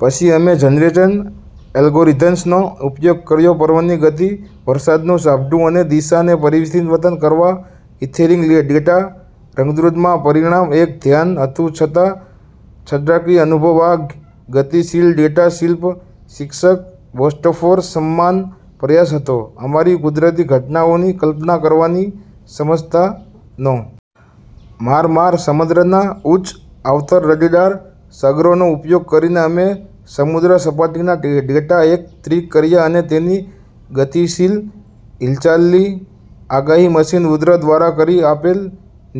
પછી અમે જનરેટિવ એલ્ગોરિધમ્સનો ઉપયોગ કર્યો પવનની ગતિ, વરસાદનું ઝાપટું અને દિશા ને પરિવર્તત કરવા ઇથેરીલ ડેટા રંગદ્રવ્યમાં. પરિણામ એક ધ્યાન હતું છતાં સટ્ટાકીય અનુભવ. આ ગતિશીલ ડેટા શિલ્પ, શિર્ષક "બોસ્ફોરસ," સમાન પ્રયાસ હતો અમારી કુદરતી ઘટનાઓની કલ્પના કરવાની ક્ષમતા નો. મારમાર સમુદ્રના ઉચ્ચ-આવર્તન રડાર સંગ્રહનો ઉપયોગ કરીને અમે સમુદ્ર સપાટીના ડેટા એકત્રિત કર્યા અને તેની ગતિશીલ હિલચાલની આગાહી મશીન બુદ્ધિ દ્વારા કરી. આપણે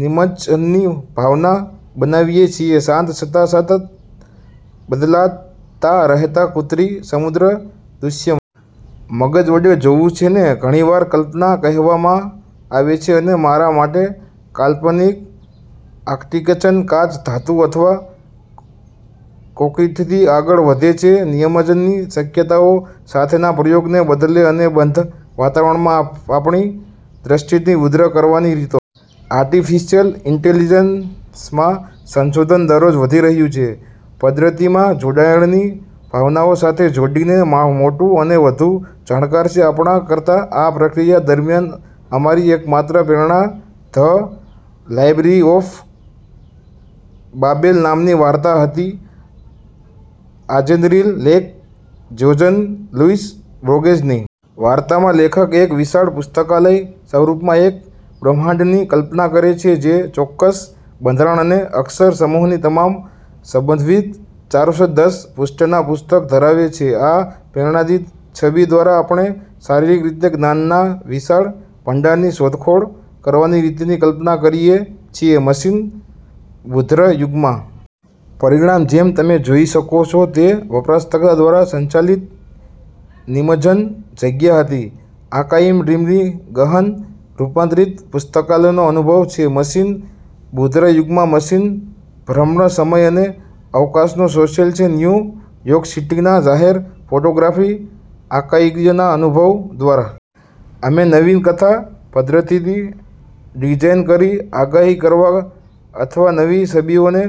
નિમજ્જનની ભાવના બનાવીએ છીએ શાંત છતાં સતત બદલાતા રહેતા કૃત્રિમ સમુદ્ર દૃશ્યમાં. મગજ વડે જોવું જેને ઘણીવાર કલ્પના કહેવામાં આવે છે, અને મારા માટે, કાલ્પનિક આર્કિટેક્ચર કાચ, ધાતુ અથવા કોંક્રિટથી આગળ વધે છે, નિમજ્જનની શક્યતાઓ સાથેના પ્રયોગ ને બદલે અને બંધ વાતાવારણમાં આપણી દ્રષ્ટિની વૃદ્ધિ કરવાની રીતો. આર્ટિફિશિયલ ઇન્ટેલિજન્સમાં સંશોધન દરરોજ વધી રહ્યું છે, પદ્ધતિમાં જોડાણ ની ભાવનાઓ સાથે છોડી તે મોટું અને વધુ જાણકાર છે આપણા કરતા. આ પ્રક્રિયા દરમિયાન અમારી એકમાત્ર પ્રેરણા "ધ લાઇબ્રેરી ઓફ બાબેલ" નામની વાર્તા હતી આર્જેનરીન લેખક જ્યોર્જ લુઈસ બોર્ગેઝ ની. વાર્તામાં લેખક એક વિશાળ પુસ્તકાલય સ્વરૂપમાં એક બ્રહ્માંડની કલ્પના કરે છે જે ચોક્કસ બંધારણ અને અક્ષર સમૂહની તમામ સંભવિત ચારસો દસ પૃષ્ઠના પુસ્તક ધરાવે છે. આ પ્રેરણાદાયી છબી દ્વારા, આપણે શારીરિક રીતે જ્ઞાનના વિશાળ ભંડારની શોધખોળ કરવાની રીતની કલ્પના કરીએ છીએ, મશીન બુદ્ધિ યુગમાં. પરિણામે, જેમ તમે જોઈ શકો છો, તે વપરાશકર્તા દ્વારા સંચાલિત નિમજ્જન જગ્યા હતી. "આર્કાઇવ ડ્રીમીંગ" ગહન રૂપાંતરિત પુસ્તકાલયનો અનુભવ છે મશીન બુદ્ધિ યુગમાં. "મશીન ભ્રમ" સમય અને અવકાશનું સંશોધન છે ન્યૂ યોર્ક સિટીના જાહેર ફોટોગ્રાફિક આર્કાઇવ્સના અનુભવ દ્વારા. અમે નવીન કથા પદ્ધતિને ડિઝાઇન કરી આગાહી કરવા અથવા નવી છબીઓને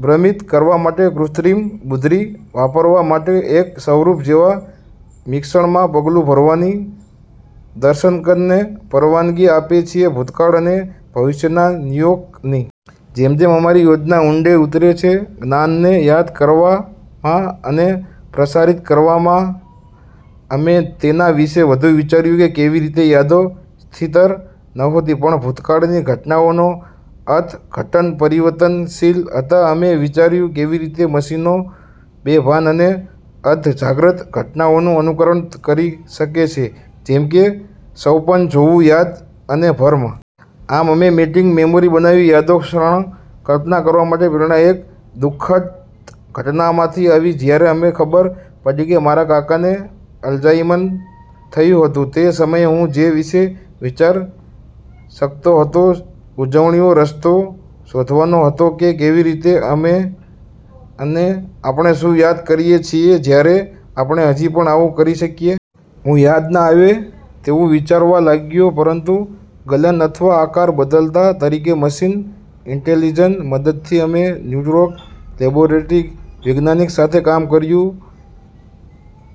ભ્રમિત કરવા માટે કૃત્રિમ બુદ્ધિ વાપરવા માટે, એક સ્વપ્ન જેવા મિશ્રણ માં પગલું ભરવાની દર્શકને પરવાનગી આપે છે ભૂતકાળ અને ભવિષ્યના ન્યૂયોર્ક ની. જેમ જેમ અમારી યોજના ઊંડે ઉતરે છે જ્ઞાનને યાદ કરવામાં અને પ્રસારિત કરવામાં, અમે તેના વિશે વધુ વિચાર્યું કે કેવીરીતે યાદો સ્થિર નહોતી પણ ભૂતકાળની ઘટનાઓનો અર્થઘટન પરિવર્તનશીલ હતા. અમે વિચાર્યું કેવી રીતે મશીનો બેભાન અને અર્ધજાગ્રત ઘટનાઓનું અનુકરણ કરી શકે છે, જેમ કે સ્વપ્ન જોવું, યાદ અને ભ્રમ. આમ, અમે "મેલ્ટીંગ મેમોરીઝ" બનાવી યાદોની ક્ષણ કલ્પના કરવા માટે. પ્રેરણા એક દુ: ખદ ઘટનાથી આવી, જ્યારે મને ખબર પડી કે મારા કાકાને અલ્ઝાઇમર થયું હતું. તે સમયે, હું જે વિશે વિચારી શકતો હતો ઉજવણીનો રસ્તો શોધવાનો હતો કે કેવી રીતે અને આપણે શું યાદ કરીએ છીએ જ્યારે આપણે હજી પણ આવું કરી શકીએ. હું યાદ ન આવે તેવું વિચારવા લાગ્યો પરંતુ ગલન અથવા આકાર બદલતા તરીકે. મશીન ઇન્ટેલિજન્સની મદદથી, અમે ન્યુરોસ્કેપ લેબોરેટરીમાં વૈજ્ઞાનીક સાથે કામ કર્યું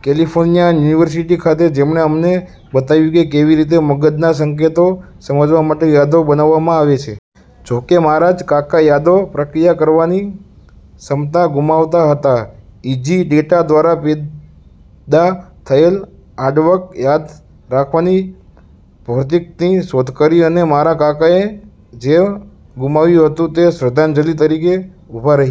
કેલિફોર્નિયા યુનિવર્સિટી ખાતે, જેમણે અમને બતાવ્યું કે કેવી રીતે મગજના સંકેતોને સમજવા માટે યાદો બનાવવામાં આવે છે. જોકે મારા જ કાકા યાદોને પ્રક્રિયા કરવાની ક્ષમતા ગુમાવતા હતા, ઇઇજી ડેટા દ્વારા પેદા થયેલ આર્ટવર્ક યાદ રાખવાની ભૌતિકતાની શોધ કરી અને મારા કાકાએ જે ગુમાવ્યું હતું તેની શ્રદ્ધાંજલિ તરીકે ઉભા રહ્યા.